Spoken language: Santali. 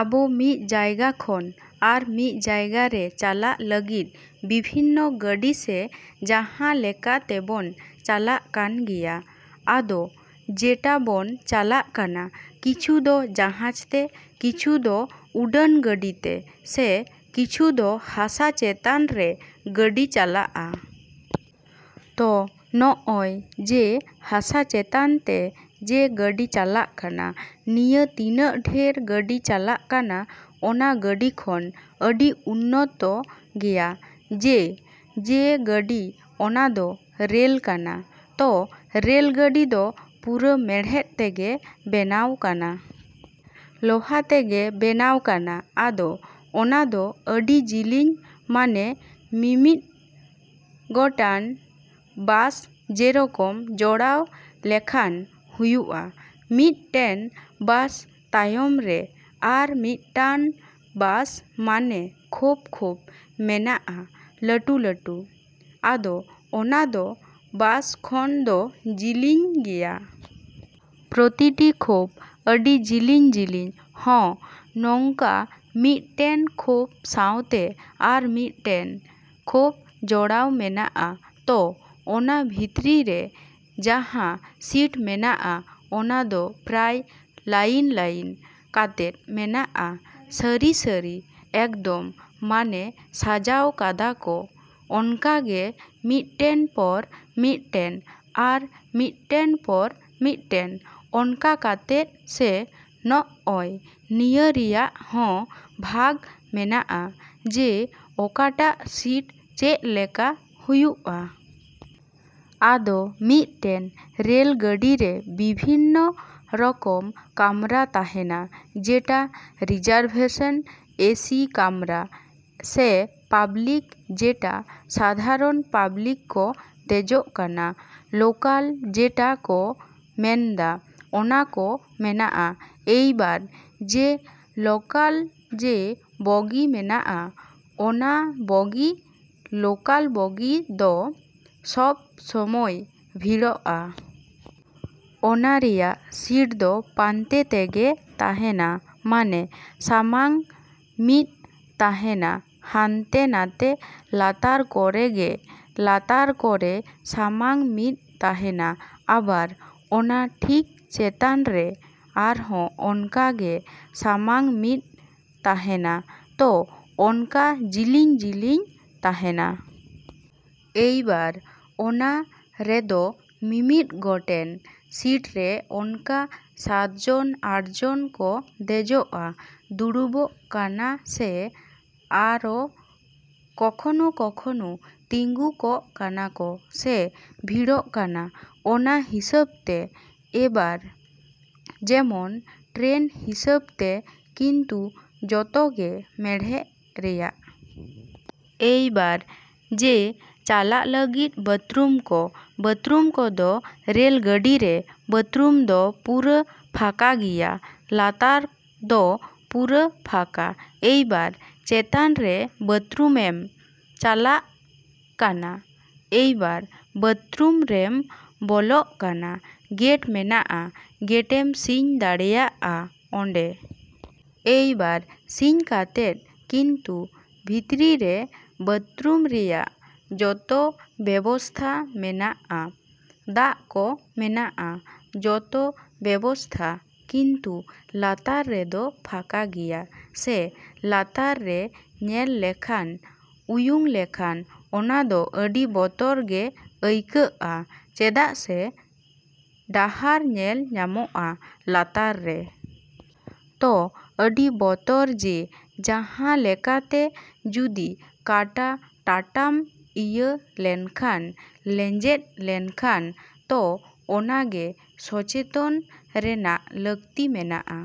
‎ᱟᱵᱚ ᱢᱤᱫ ᱡᱟᱭᱜᱟ ᱠᱷᱚᱱ ᱟᱨ ᱢᱤᱫ ᱡᱟᱭᱜᱟ ᱨᱮ ᱪᱟᱞᱟᱜ ᱞᱟᱹᱜᱤᱫ ᱵᱤᱵᱷᱤᱱᱱᱚ ᱜᱟᱹᱰᱤ ᱥᱮ ᱡᱟᱦᱟᱸ ᱞᱮᱠᱟ ᱛᱮᱵᱚᱱ ᱪᱟᱞᱟᱜ ᱠᱟᱱ ᱜᱮᱭᱟ᱾ ᱟᱫᱚ ᱡᱮᱴᱟ ᱵᱚᱱ ᱪᱟᱞᱟᱜ ᱠᱟᱱᱟ, ᱠᱤᱪᱷᱩ ᱫᱚ ᱡᱟᱦᱟᱡᱽ ᱛᱮ, ᱠᱤᱪᱷᱩ ᱫᱚ ᱩᱰᱟᱹᱱ ᱜᱟᱹᱰᱤ ᱛᱮ ᱥᱮ ᱠᱤᱪᱷᱩ ᱫᱚ ᱦᱟᱥᱟ ᱪᱮᱛᱟᱱ ᱨᱮ ᱜᱟᱹᱰᱤ ᱪᱟᱞᱟᱜᱼᱟ᱾ ᱛᱚ ᱱᱚᱜᱼᱚᱭ ᱡᱮ ᱦᱟᱥᱟ ᱪᱮᱛᱟᱱ ᱛᱮ ᱡᱮ ᱜᱟᱹᱰᱤ ᱪᱟᱞᱟᱜ ᱠᱟᱱᱟ, ᱱᱤᱭᱟᱹ ᱛᱤᱱᱟᱹᱜ ᱰᱷᱮᱨ ᱜᱟᱹᱰᱤ ᱪᱟᱞᱟᱜ ᱠᱟᱱᱟ, ᱚᱱᱟ ᱜᱟᱹᱰᱤ ᱠᱷᱚᱱ ᱟᱹᱰᱤ ᱩᱱᱱᱚᱛᱚ ᱜᱮᱭᱟ ᱡᱮ ᱡᱮ ᱜᱟᱹᱰᱤ ᱚᱱᱟᱫᱚ ᱨᱮᱞ ᱠᱟᱱᱟ᱾ ᱛᱚ ᱨᱮᱞ ᱜᱟᱹᱰᱤ ᱫᱚ ᱯᱩᱨᱟᱹ ᱢᱮᱬᱦᱮᱫ ᱛᱮᱜᱮ ᱵᱮᱱᱟᱣ ᱠᱟᱱᱟ᱾ ᱞᱚᱦᱟ ᱛᱮᱜᱮ ᱵᱮᱱᱟᱣ ᱠᱟᱱᱟ ᱟᱫᱚ ᱚᱱᱟᱫᱚ ᱟᱹᱰᱤ ᱡᱤᱞᱤᱧ ᱢᱟᱱᱮ ᱢᱤᱢᱤᱫ ᱜᱚᱴᱮᱱ ᱵᱟᱥ ᱡᱮᱨᱚᱠᱚᱢ ᱡᱚᱲᱟᱣ ᱞᱮᱠᱷᱟᱱ ᱦᱩᱭᱩᱜᱼᱟ᱾ ᱢᱤᱫᱴᱮᱱ ᱵᱟᱥ ᱛᱟᱭᱚᱢ ᱨᱮ ᱟᱨ ᱢᱤᱫᱴᱟᱱ ᱵᱟᱥ ᱢᱟᱱᱮ ᱠᱷᱚᱯᱼᱠᱷᱚᱯ ᱢᱮᱱᱟᱜᱼᱟ ᱞᱟᱹᱴᱩᱼᱞᱟᱹᱴᱩ᱾ ᱟᱫᱚ ᱚᱱᱟᱫᱚ ᱵᱟᱥ ᱠᱷᱚᱱ ᱫᱚ ᱡᱤᱞᱤᱧ ᱜᱮᱭᱟ᱾ ᱯᱨᱚᱛᱤᱴᱤ ᱠᱚ ᱟᱹᱰᱤ ᱡᱤᱞᱤᱧᱼᱡᱤᱞᱤᱧ ᱦᱚᱸ ᱱᱚᱝᱠᱟ ᱢᱤᱫᱴᱮᱱ ᱠᱷᱚᱯ ᱥᱟᱣᱛᱮ ᱟᱨᱢᱤᱫᱴᱮᱱ ᱠᱷᱚᱯ ᱡᱚᱲᱟᱣ ᱢᱮᱱᱟᱜᱼᱟ᱾ ᱛᱚ ᱚᱱᱟ ᱵᱷᱤᱛᱨᱤ ᱨᱮ ᱡᱟᱦᱟᱸ ᱥᱤᱴ ᱢᱮᱱᱟᱜᱼᱟ, ᱚᱱᱟᱫᱚ ᱯᱨᱟᱭ ᱞᱟᱭᱤᱱᱼᱞᱟᱭᱤᱱ ᱠᱟᱛᱮᱫ ᱢᱮᱱᱟᱜᱼᱟ ᱥᱟᱹᱨᱤᱼᱥᱟᱹᱨᱤ ᱮᱠᱫᱚᱢ ᱢᱟᱱᱮ ᱥᱟᱡᱟᱣ ᱠᱟᱫᱟ ᱠᱚ ᱚᱱᱠᱟᱜᱮ ᱢᱤᱫᱴᱮᱱ ᱯᱚᱨ ᱢᱤᱫᱴᱮᱱ ᱟᱨ ᱢᱤᱫᱴᱮᱱ ᱯᱚᱨ ᱢᱤᱫᱴᱮᱱ ᱚᱱᱠᱟ ᱠᱟᱛᱮᱫ ᱥᱮ ᱱᱚᱜᱼᱚᱭ ᱱᱤᱭᱟᱹ ᱨᱮᱭᱟᱜ ᱦᱚᱸ ᱵᱷᱟᱜᱽ ᱢᱮᱱᱟᱜᱼᱟ ᱡᱮ ᱚᱠᱟᱴᱟᱜ ᱥᱤᱴ ᱪᱮᱫ ᱞᱮᱠᱟ ᱦᱩᱭᱩᱜᱼᱟ᱾ ᱟᱫᱚ ᱢᱤᱫᱴᱮᱱ ᱨᱮᱞ ᱜᱟᱹᱰᱤ ᱨᱮ ᱵᱤᱵᱷᱤᱱᱱᱚ ᱨᱚᱠᱚᱢ ᱠᱟᱢᱨᱟ ᱛᱟᱦᱮᱱᱟ ᱡᱮᱴᱟ ᱨᱤᱡᱟᱨᱵᱷᱮᱥᱚᱱ, ᱮᱥᱤ ᱠᱟᱢᱨᱟ ᱥᱮ ᱯᱟᱵᱽᱞᱤᱠ ᱡᱮᱴᱟ ᱥᱟᱫᱷᱟᱨᱚᱱ ᱯᱟᱵᱽᱞᱤᱠ ᱠᱚ ᱫᱮᱡᱚᱜ ᱠᱟᱱᱟ ᱾ᱞᱚᱠᱟᱞ ᱡᱮᱴᱟ ᱠᱚ ᱢᱮᱱᱫᱟ ᱚᱱᱟᱠᱚ ᱢᱮᱱᱟᱜᱼᱟ᱾ ᱮᱭᱵᱟᱨ ᱡᱮ ᱞᱚᱠᱟᱞ ᱡᱮ ᱵᱚᱜᱤ ᱢᱮᱱᱟᱜᱼᱟ, ᱚᱱᱟ ᱵᱚᱜᱤ ᱞᱚᱠᱟᱞ ᱵᱚᱜᱤ ᱫᱚ ᱥᱚᱵᱽ ᱥᱚᱢᱚᱭ ᱵᱷᱤᱲᱚᱜᱼᱟ᱾ ᱚᱱᱟ ᱨᱮᱭᱟᱜ ᱥᱤᱴ ᱫᱚ ᱯᱟᱱᱛᱮ ᱛᱮᱜᱮ ᱛᱟᱦᱮᱱᱟ ᱢᱟᱱᱮ ᱥᱟᱢᱟᱝ ᱢᱤᱫ ᱛᱟᱦᱮᱱᱟ ᱦᱟᱱᱛᱮ ᱱᱟᱛᱮ ᱞᱟᱛᱟᱨ ᱠᱚᱨᱮᱜᱮ ᱞᱟᱛᱟᱨ ᱠᱚᱨᱮ ᱥᱟᱢᱟᱝ ᱢᱤᱫ ᱛᱟᱦᱮᱱᱟ ᱟᱵᱟᱨ ᱚᱱᱟ ᱴᱷᱤᱠ ᱪᱮᱛᱟᱱ ᱨᱮ ᱟᱨᱦᱚᱸ ᱚᱱᱠᱟᱜᱮ ᱥᱟᱢᱟᱝ ᱢᱤᱫ ᱛᱟᱦᱮᱱᱟ᱾ ᱛᱚ ᱚᱱᱠᱟ ᱡᱤᱞᱤᱧᱼᱡᱤᱞᱤᱧ ᱛᱟᱦᱮᱱᱟ᱾ ᱮᱭᱵᱟᱨ ᱚᱱᱟ ᱨᱮᱫᱚ ᱢᱤᱢᱤᱫ ᱜᱚᱴᱮᱱ ᱥᱤᱴ ᱨᱮ ᱱᱚᱝᱠᱟ ᱥᱟᱛᱡᱚᱱ ᱟᱴᱡᱚᱱ ᱠᱚ ᱫᱮᱡᱚᱜᱼᱟ ,ᱫᱩᱲᱩᱵᱚᱜ ᱠᱟᱱᱟ ᱥᱮ ᱟᱨᱚ ᱠᱚᱠᱷᱚᱱᱚᱼᱠᱚᱠᱷᱚᱱᱚ ᱛᱤᱸᱜᱩ ᱠᱚᱜ ᱠᱟᱱᱟ ᱠᱚ ᱥᱮ ᱵᱷᱤᱲᱚᱜ ᱠᱟᱱᱟ ᱚᱱᱟ ᱦᱤᱥᱟᱹᱵᱽ ᱛᱮ᱾ ᱮᱵᱟᱨ ᱡᱮᱢᱚᱱ ᱴᱨᱮᱱ ᱦᱤᱥᱟᱹᱵᱽᱛᱮ ᱠᱤᱱᱛᱩ ᱡᱚᱛᱚᱜᱮ ᱢᱮᱬᱦᱮᱫ ᱨᱮᱭᱟᱜ᱾ ᱮᱭᱵᱟᱨ ᱡᱮ ᱪᱟᱞᱟᱜ ᱞᱟᱹᱜᱤᱫ ᱵᱟᱛᱨᱩᱢ ᱠᱚ, ᱵᱟᱛᱨᱩᱢ ᱠᱚᱫᱚ ᱨᱮᱞ ᱜᱟᱹᱰᱤᱨᱮ ᱵᱟᱛᱷᱨᱩᱢ ᱫᱚ ᱯᱩᱨᱟᱹ ᱯᱷᱟᱸᱠᱟ ᱜᱮᱭᱟ ᱞᱟᱛᱟᱨ ᱫᱚ ᱯᱩᱨᱟᱹ ᱯᱷᱟᱸᱠᱟ᱾ ᱮᱭᱵᱟᱨ ᱪᱮᱛᱟᱱ ᱨᱮ ᱵᱟᱛᱷᱨᱩᱢᱮᱢ ᱪᱟᱞᱟᱜ ᱠᱟᱱᱟ, ᱮᱭᱵᱟᱨ ᱵᱟᱛᱷᱨᱩᱢ ᱨᱮᱢ ᱵᱚᱞᱚᱜ ᱠᱟᱱᱟ, ᱜᱮᱴ ᱢᱮᱱᱟᱜᱼᱟ, ᱜᱮᱴᱮᱢ ᱥᱤᱧ ᱫᱟᱲᱮᱭᱟᱜᱼᱟ ᱚᱸᱰᱮ᱾ ᱮᱭᱵᱟᱨ ᱥᱤᱧ ᱠᱟᱛᱮᱫ ᱠᱤᱱᱛᱩ ᱵᱷᱤᱛᱨᱤ ᱨᱮ ᱵᱟᱛᱨᱩᱢ ᱨᱮᱭᱟᱜ ᱡᱚᱛᱚ ᱵᱮᱵᱚᱥᱛᱷᱟ ᱢᱮᱱᱟᱜᱼᱟ, ᱫᱟᱜ ᱠᱚ ᱢᱮᱱᱟᱜᱼᱟ, ᱡᱚᱛᱚ ᱵᱮᱵᱚᱥᱛᱷᱟ ᱠᱤᱱᱛᱩ ᱞᱟᱛᱟᱨ ᱨᱮᱫᱚ ᱯᱷᱟᱸᱠᱟ ᱜᱮᱭᱟ ᱥᱮ ᱞᱟᱛᱟᱨ ᱨᱮ ᱧᱮᱞ ᱞᱮᱠᱷᱟᱱ ᱩᱭᱩᱝ ᱞᱮᱠᱷᱟᱱ ᱚᱱᱟᱫᱚ ᱟᱹᱰᱤ ᱵᱚᱛᱚᱨ ᱜᱮ ᱟᱹᱭᱠᱟᱹᱜᱼᱟ ᱪᱮᱫᱟᱜ ᱥᱮ ᱰᱟᱦᱟᱨ ᱧᱮᱞ ᱧᱟᱢᱚᱜᱼᱟ ᱞᱟᱛᱟᱨ ᱨᱮ᱾ ᱛᱚ ᱟᱹᱰᱤ ᱵᱚᱛᱚᱨ ᱡᱮ ᱡᱟᱦᱟᱸ ᱞᱮᱠᱟᱛᱮ ᱡᱩᱫᱤ ᱠᱟᱴᱟ ᱴᱟᱴᱟᱢ ᱤᱭᱟᱹ ᱞᱮᱱᱠᱷᱟᱱ ᱞᱮᱸᱡᱮᱫ ᱞᱮᱱᱠᱷᱟᱱ ᱛᱚ ᱚᱱᱟᱜᱮ ᱥᱚᱪᱮᱛᱚᱱ ᱨᱮᱱᱟᱜ ᱞᱟ.ᱠᱛᱤ ᱢᱮᱱᱟᱜ-ᱟ᱾